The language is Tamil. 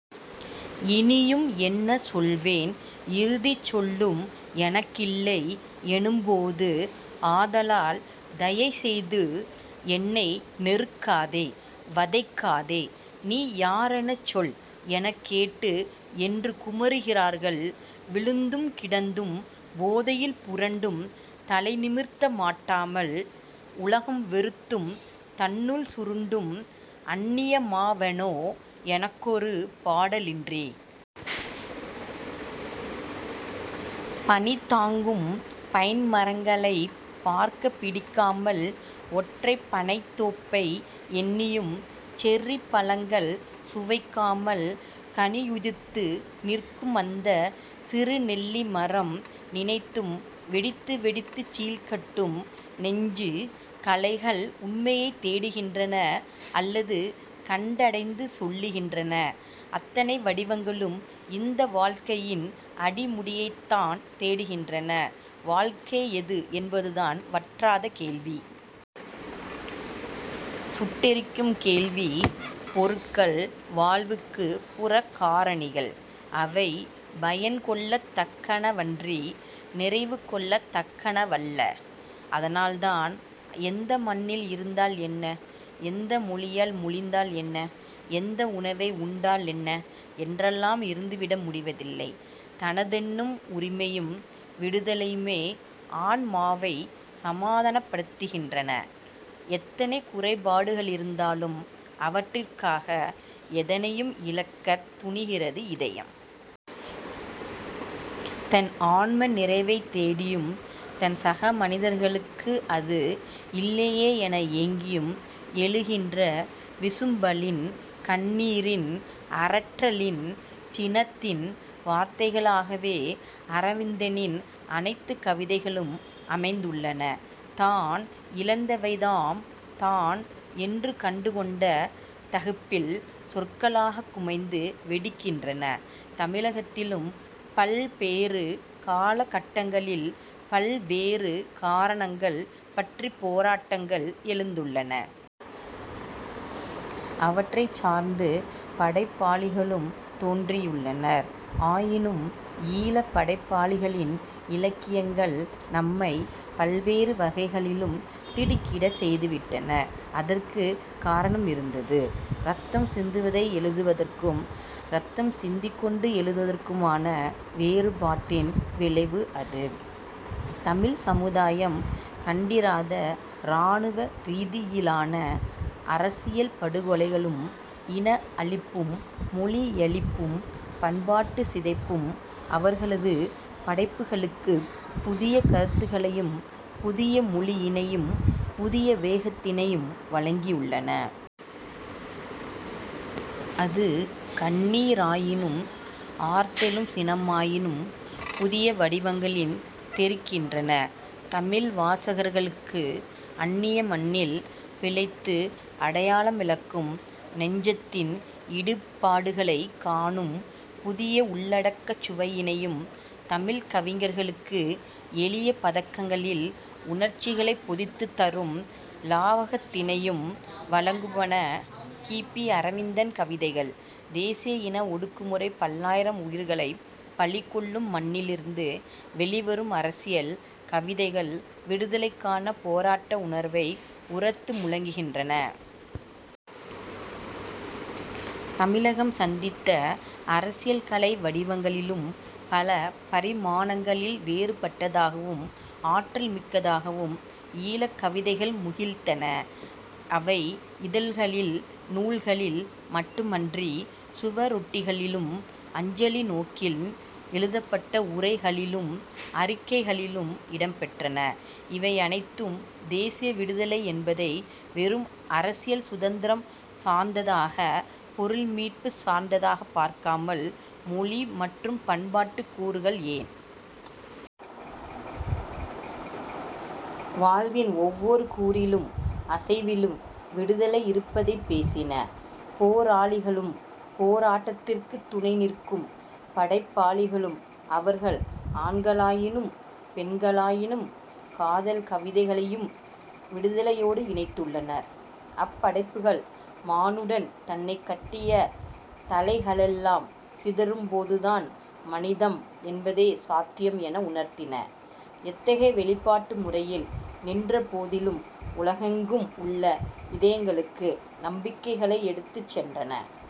"இனியும் என்ன சொல்வேன் இறுதிச் சொல்லும் எனக்கில்லை எனும்போது... ஆதலால் தயைசெய்து என்னை நெருக்காதே வதைக்காதே 'நீ யாரெனச் சொல்' எனக் கேட்டு... " என்று குமுறுகிறார்கள். "விழுந்தும் கிடந்தும் போதையில் புரண்டும் தலைநிமிர்த்த மாட்டாமல் உலகம் வெறுத்தும் தன்னுள் சுருண்டும் அந்நியமாவனோ எனக்கொரு பாடலின்றி....! பனிதாங்கும் பைன்மரங்களைப் பார்க்கப் பிடிக்காமல் ஒற்றைப் பனைத்தோப்பை எண்ணியும் செர்ரிப்பழங்கள் சுவைக்காமல் கனியுதிர்த்து நிற்குமந்த சிறுநெல்லி மரம் நினைத்தும் வெடித்துவெடித்துச் சீழ்கட்டும் நெஞ்சு. கலைகள் உண்மையைத் தேடுகின்றன அல்லது கண்டடைந்து சொல்லுகின்றன. அத்தனை வடிவங்களும் இந்த வாழ்க்கையின் அடிமுடியைத்தான் தேடுகின்றன. வாழ்க்கை எது என்பதுதான் வற்றாத கேள்வி. சுட்டெரிக்கும் கேள்வி. பொருட்கள் வாழ்வுக்குப் புறக்காரணிகள். அவை பயன்கொள்ளத் தக்கனவன்றி நிறைவுகொள்ளத் தக்கனவல்ல. அதனால்தான் எந்த மண்ணில் இருந்தால் என்ன? எந்த மொழியால் மொழிந்தால் என்ன? எந்த உணவை உண்டாலென்ன? என்றெல்லாம் இருந்துவிட முடிவதில்லை. தனதென்னும் உரிமையும் விடுதலையுமே ஆன்மாவைச் சமாதானப்படுத்துகின்றன. எத்தனை குறைபாடுகளிருந்தாலும் அவற்றிக்காக எதனையும் இழக்கத் துணிகிறது இதயம். தன் ஆன்ம நிறைவைத் தேடியும், தன் சகமனிதர்களுக்கு அது இல்லையே என ஏங்கியும் எழுகின்ற விசும்பலின், கண்ணீரின், அரற்றலின், சினத்தின் வார்த்தைகளாகவே அரவிந்தனின் அனைத்துக் கவிதைகளும் அமைந்துள்ளன. தான் இழந்தவைதாம் 'தான்' என்று கண்டுகொண்ட தகிப்பில் சொற்களாகக் குமைந்து வெடிக்கின்றன. தமிழகத்திலும் பல்பேறு காலகட்டங்களில் பல்வேறு காரணங்கள் பற்றிப் போராட்டங்கள் எழுந்துள்ளன. அவற்றைச் சார்ந்து படைப்பாளிகளும் தோன்றியுள்ளனர். ஆயினும் ஈழப் படைப்பாளிகளின் இலக்கியங்கள் நம்மைப் பல்வேறு வகைகளிலும் திடுக்கிடச் செய்துவிட்டன. அதற்குக் காரணமிருந்தது. இரத்தம் சிந்துவதை எழுதுவதற்கும், இரத்தம் சிந்திக் கொண்டே எழுதுவதற்குமான வேறுபாட்டின் விளைவு அது. தமிழ்ச் சமுதாயம் கண்டிராத இராணுவ ரீதியிலான அரசியல் படுகொலைகளும், இன அழிப்பும், மொழியழிப்பும், பண்பாட்டுச் சிதைப்பும் அவர்களது படைப்புகளுக்குப் புதிய கருத்துக்களையும் புதிய மொழியினையும் புதிய வேகத்தினையும் வழங்கியுள்ளன. அது கண்ணீராயினும் ஆர்த்தெழும் சினமாயினும் புதிய வடிவங்களில் தெறிக்கின்றன. தமிழ் வாசகர்களுக்குஅன்னிய மண்ணில் பிழைத்து அடையாளமிழக்கும் நெஞ்சத்தின் இடிபாடுகளைக் காணும் புதிய உள்ளடக்கச் சுவையினையும் தமிழ்க் கவிஞர்களுக்கு எளிய பதகங்களில் உணர்ச்சிகளைப் பொதித்துத் தரும் இலாவகத்தினையும் வழங்குவன கி. பி. அரவிந்தன் கவிதைகள். தேசிய இன ஒடுக்குமுறை பல்லாயிரம் உயிர்களைப் பலிகொள்ளும் மண்ணிலிருந்து வெளிவரும் அரசியல் கவிதைகள் விடுதலைக்கான போராட்ட உணர்வை உரத்து முழுங்குகின்றன. தமிழகம் சந்தித்த அரசியல் கலை வடிவங்களிலும் பல பரிமாணங்களில் வேறுபட்டதாகவும் ஆற்றல்மிக்கதாகவும் ஈழக் கவிதைகள் முகிழ்த்தன. அவை இதழ்களில், நூல்களில் மட்டுமன்றி, சுவரொட்டிகளிலும் அஞ்சலி நோக்கில் எழுதப்பட்ட உரைகளிலும் அறிக்கைகளிலும் இடம்பெற்றன. இவையனைத்தும், தேசிய விடுதலை என்பதை வெறும் அரசியல் சுதந்தரம் சார்ந்ததாக, பொருள் மீட்புச் சார்ந்ததாகப் பார்க்காமல் மொழி மற்றும் பண்பாட்டுக் கூறுகள், ஏன்? வாழ்வின் ஒவ்வொரு கூறிலும் அசைவிலும் விடுதலை இருப்பதைப் பேசின. போராளிகளும் போராட்டத்திற்குத் துணைநிற்கும் படைப்பாளிகளும் அவர்கள் ஆண்களாயினும் பெண்களாயினும் காதல் கவிதைகளையும் விடுதலையோடு இணைத்துள்ளனர். அப்படைப்புகள் 'மானுடன் தன்னைக் கட்டிய தளைகளெல்லாம் சிதறும்' போதுதான் 'மனிதம்' என்பதே சாத்தியம் என உணர்த்தின; எத்தகைய வெளிப்பாட்டு முறையில் நின்ற போதிலும் உலகெங்கும் உள்ள இதயங்களுக்கு நம்பிக்கைகளை எடுத்துச் சென்றன.